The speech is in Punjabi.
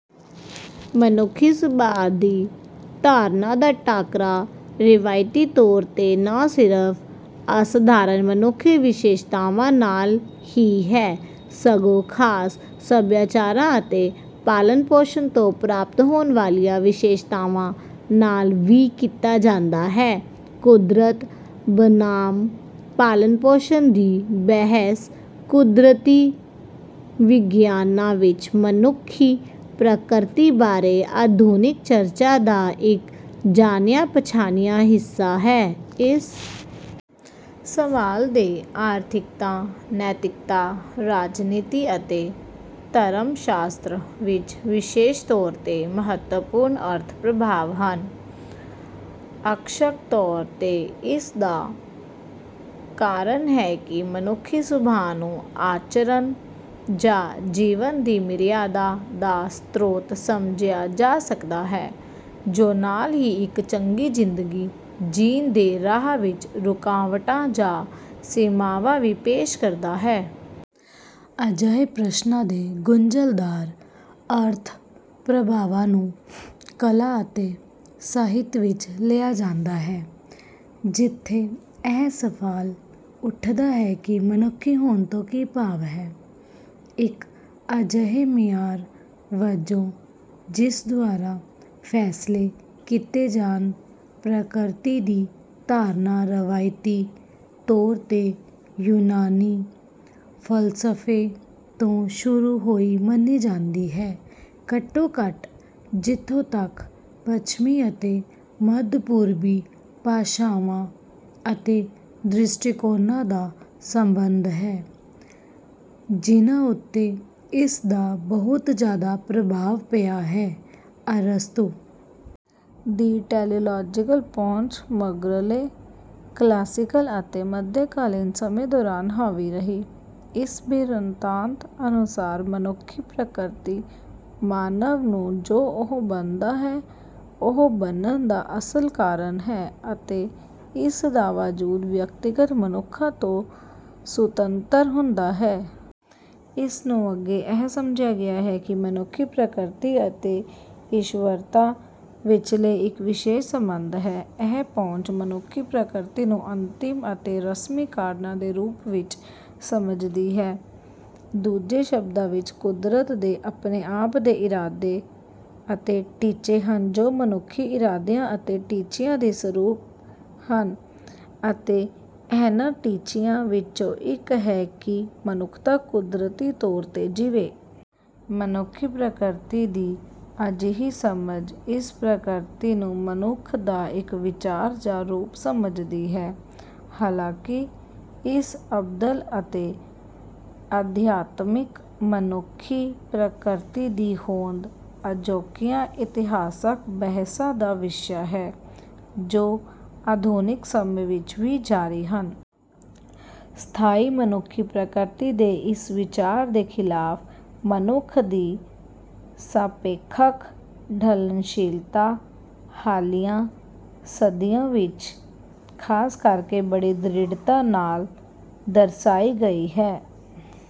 ਮਨੁੱਖੀ ਸੁਭਾਅ ਦੀ ਧਾਰਨਾ ਦਾ ਟਾਕਰਾ ਰਵਾਇਤੀ ਤੌਰ 'ਤੇ ਨਾ ਸਿਰਫ਼ ਅਸਾਧਾਰਨ ਮਨੁੱਖੀ ਵਿਸ਼ੇਸ਼ਤਾਵਾਂ ਨਾਲ ਹੀ ਹੈ, ਸਗੋਂ ਖ਼ਾਸ ਸਭਿਆਚਾਰਾਂ ਅਤੇ ਪਾਲਣ-ਪੋਸ਼ਣ ਤੋਂ ਪ੍ਰਾਪਤ ਹੋਣ ਵਾਲੀਆਂ ਵਿਸ਼ੇਸ਼ਤਾਵਾਂ ਨਾਲ ਵੀ ਕੀਤਾ ਜਾਂਦਾ ਹੈ। "ਕੁਦਰਤ ਬਨਾਮ ਪਾਲਣ-ਪੋਸ਼ਣ" ਦੀ ਬਹਿਸ ਕੁਦਰਤੀ ਵਿਗਿਆਨਾਂ ਵਿੱਚ ਮਨੁੱਖੀ ਪ੍ਰਕਿਰਤੀ ਬਾਰੇ ਆਧੁਨਿਕ ਚਰਚਾ ਦਾ ਇੱਕ ਜਾਣਿਆ-ਪਛਾਣਿਆ ਹਿੱਸਾ ਹੈ। ਇਸ ਸਵਾਲ ਦੇ ਆਰਥਿਕਤਾ, ਨੈਤਿਕਤਾ, ਰਾਜਨੀਤੀ ਅਤੇ ਧਰਮ ਸ਼ਾਸਤਰ ਵਿੱਚ ਵਿਸ਼ੇਸ਼ ਤੌਰ 'ਤੇ ਮਹੱਤਵਪੂਰਨ ਅਰਥ-ਪ੍ਰਭਾਵ ਹਨ। ਅੰਸ਼ਕ ਤੌਰ 'ਤੇ ਇਸ ਦਾ ਕਾਰਨ ਇਹ ਹੈ ਕਿ ਮਨੁੱਖੀ ਸੁਭਾਅ ਨੂੰ ਆਚਰਣ ਜਾਂ ਜੀਵਨ ਦੀ ਮਰਿਆਦਾ ਦਾ ਸਰੋਤ ਸਮਝਿਆ ਜਾ ਸਕਦਾ ਹੈ, ਜੋ ਨਾਲ ਹੀ ਇੱਕ ਚੰਗੀ ਜ਼ਿੰਦਗੀ ਜੀਣ ਦੇ ਰਾਹ ਵਿੱਚ ਰੁਕਾਵਟਾਂ ਜਾਂ ਸੀਮਾਵਾਂ ਵੀ ਪੇਸ਼ ਕਰਦਾ ਹੈ। ਅਜਿਹੇ ਪ੍ਰਸ਼ਨਾਂ ਦੇ ਗੁੰਝਲਦਾਰ ਅਰਥ-ਪ੍ਰਭਾਵਾਂ ਨੂੰ ਕਲਾ ਅਤੇ ਸਾਹਿਤ ਵਿੱਚ ਵੀ ਲਿਆ ਜਾਂਦਾ ਹੈ, ਜਿੱਥੇ ਇਹ ਸਵਾਲ ਉੱਠਦਾ ਹੈ ਕਿ "ਮਨੁੱਖੀ ਹੋਣ" ਤੋਂ ਕੀ ਭਾਵ ਹੈ। ਇੱਕ ਅਜਿਹੇ ਮਿਆਰ ਵਜੋਂ, ਜਿਸ ਦੁਆਰਾ ਫ਼ੈਸਲੇ ਕੀਤੇ ਜਾਣ, ਪ੍ਰਕਿਰਤੀ ਦੀ ਧਾਰਨਾ ਰਵਾਇਤੀ ਤੌਰ 'ਤੇ ਯੂਨਾਨੀ ਫ਼ਲਸਫ਼ੇ ਤੋਂ ਸ਼ੁਰੂ ਹੋਈ ਮੰਨੀ ਜਾਂਦੀ ਹੈ ਘੱਟੋ-ਘੱਟ ਜਿੱਥੋਂ ਤੱਕ ਪੱਛਮੀ ਅਤੇ ਮੱਧ-ਪੂਰਬੀ ਭਾਸ਼ਾਵਾਂ ਅਤੇ ਦ੍ਰਿਸ਼ਟੀਕੋਣਾਂ ਦਾ ਸੰਬੰਧ ਹੈ, ਜਿਨ੍ਹਾਂ ਉੱਤੇ ਇਸ ਦਾ ਬਹੁਤ ਜ਼ਿਆਦਾ ਪ੍ਰਭਾਵ ਪਿਆ ਹੈ। ਅਰਸਤੂ ਦੀ ਟੈਲੀਓਲੋਜੀਕਲ ਪਹੁੰਚ ਮਗਰਲੇ ਕਲਾਸੀਕਲ ਅਤੇ ਮੱਧਕਾਲੀ ਸਮੇਂ ਦੌਰਾਨ ਹਾਵੀ ਰਹੀ। ਇਸ ਬਿਰਤਾਂਤ ਅਨੁਸਾਰ, ਮਨੁੱਖੀ ਪ੍ਰਕਿਰਤੀ ਮਾਨਵ ਨੂੰ ਜੋ ਉਹ ਬਣਦਾ ਹੈ, ਉਹ ਬਣਨ ਦਾ ਅਸਲ ਕਾਰਨ ਹੈ, ਅਤੇ ਇਸ ਦਾ ਵਜੂਦ ਵਿਅਕਤੀਗਤ ਮਨੁੱਖਾਂ ਤੋਂ ਸੁਤੰਤਰ ਹੁੰਦਾ ਹੈ। ਇਸ ਨੂੰ ਅੱਗੇ ਇਹ ਸਮਝਿਆ ਗਿਆ ਹੈ ਕਿ ਮਨੁੱਖੀ ਪ੍ਰਕਿਰਤੀ ਅਤੇ ਈਸ਼ਵਰਤਾ ਵਿਚਾਲੇ ਇੱਕ ਵਿਸ਼ੇਸ਼ ਸੰਬੰਧ ਹੈ। ਇਹ ਪਹੁੰਚ ਮਨੁੱਖੀ ਪ੍ਰਕਿਰਤੀ ਨੂੰ ਅੰਤਿਮ ਅਤੇ ਰਸਮੀ ਕਾਰਨਾਂ ਦੇ ਰੂਪ ਵਿੱਚ ਸਮਝਦੀ ਹੈ। ਦੂਜੇ ਸ਼ਬਦਾਂ ਵਿੱਚ, ਕੁਦਰਤ ਦੇ ਆਪਣੇ ਆਪ ਦੇ ਇਰਾਦੇ ਅਤੇ ਟੀਚੇ ਹਨ ਜੋ ਮਨੁੱਖੀ ਇਰਾਦਿਆਂ ਅਤੇ ਟੀਚਿਆਂ ਦੇ ਸਮਰੂਪ ਹਨ, ਅਤੇ ਇਹਨਾਂ ਟੀਚਿਆਂ ਵਿੱਚੋਂ ਇੱਕ ਇਹ ਹੈ ਕਿ ਮਨੁੱਖਤਾ ਕੁਦਰਤੀ ਤੌਰ 'ਤੇ ਜੀਵੇ। ਮਨੁੱਖੀ ਪ੍ਰਕਿਰਤੀ ਦੀ ਅਜਿਹੀ ਸਮਝ ਇਸ ਪ੍ਰਕਿਰਤੀ ਨੂੰ ਮਨੁੱਖ ਦਾ ਇੱਕ "ਵਿਚਾਰ" ਜਾਂ "ਰੂਪ" ਸਮਝਦੀ ਹੈ। ਹਾਲਾਂਕਿ, ਇਸ ਅਬਦਲ ਅਤੇ ਅਧਿਆਤਮਿਕ ਮਨੁੱਖੀ ਪ੍ਰਕਿਰਤੀ ਦੀ ਹੋਂਦ ਅਜੋਕੀਆਂ ਇਤਿਹਾਸਕ ਬਹਿਸਾਂ ਦਾ ਵਿਸ਼ਾ ਹੈ, ਜੋ ਆਧੁਨਿਕ ਸਮੇਂ ਵਿੱਚ ਵੀ ਜਾਰੀ ਹਨ। ਸਥਾਈ ਮਨੁੱਖੀ ਪ੍ਰਕਿਰਤੀ ਦੇ ਇਸ ਵਿਚਾਰ ਦੇ ਖ਼ਿਲਾਫ਼, ਮਨੁੱਖ ਦੀ ਸਾਪੇਖਕ ਢਲਣਸ਼ੀਲਤਾ ਹਾਲੀਆ ਸਦੀਆਂ ਵਿੱਚ ਖ਼ਾਸ ਕਰਕੇ ਬੜੀ ਦ੍ਰਿੜਤਾ ਨਾਲ ਦਰਸਾਈ ਗਈ ਹੈ।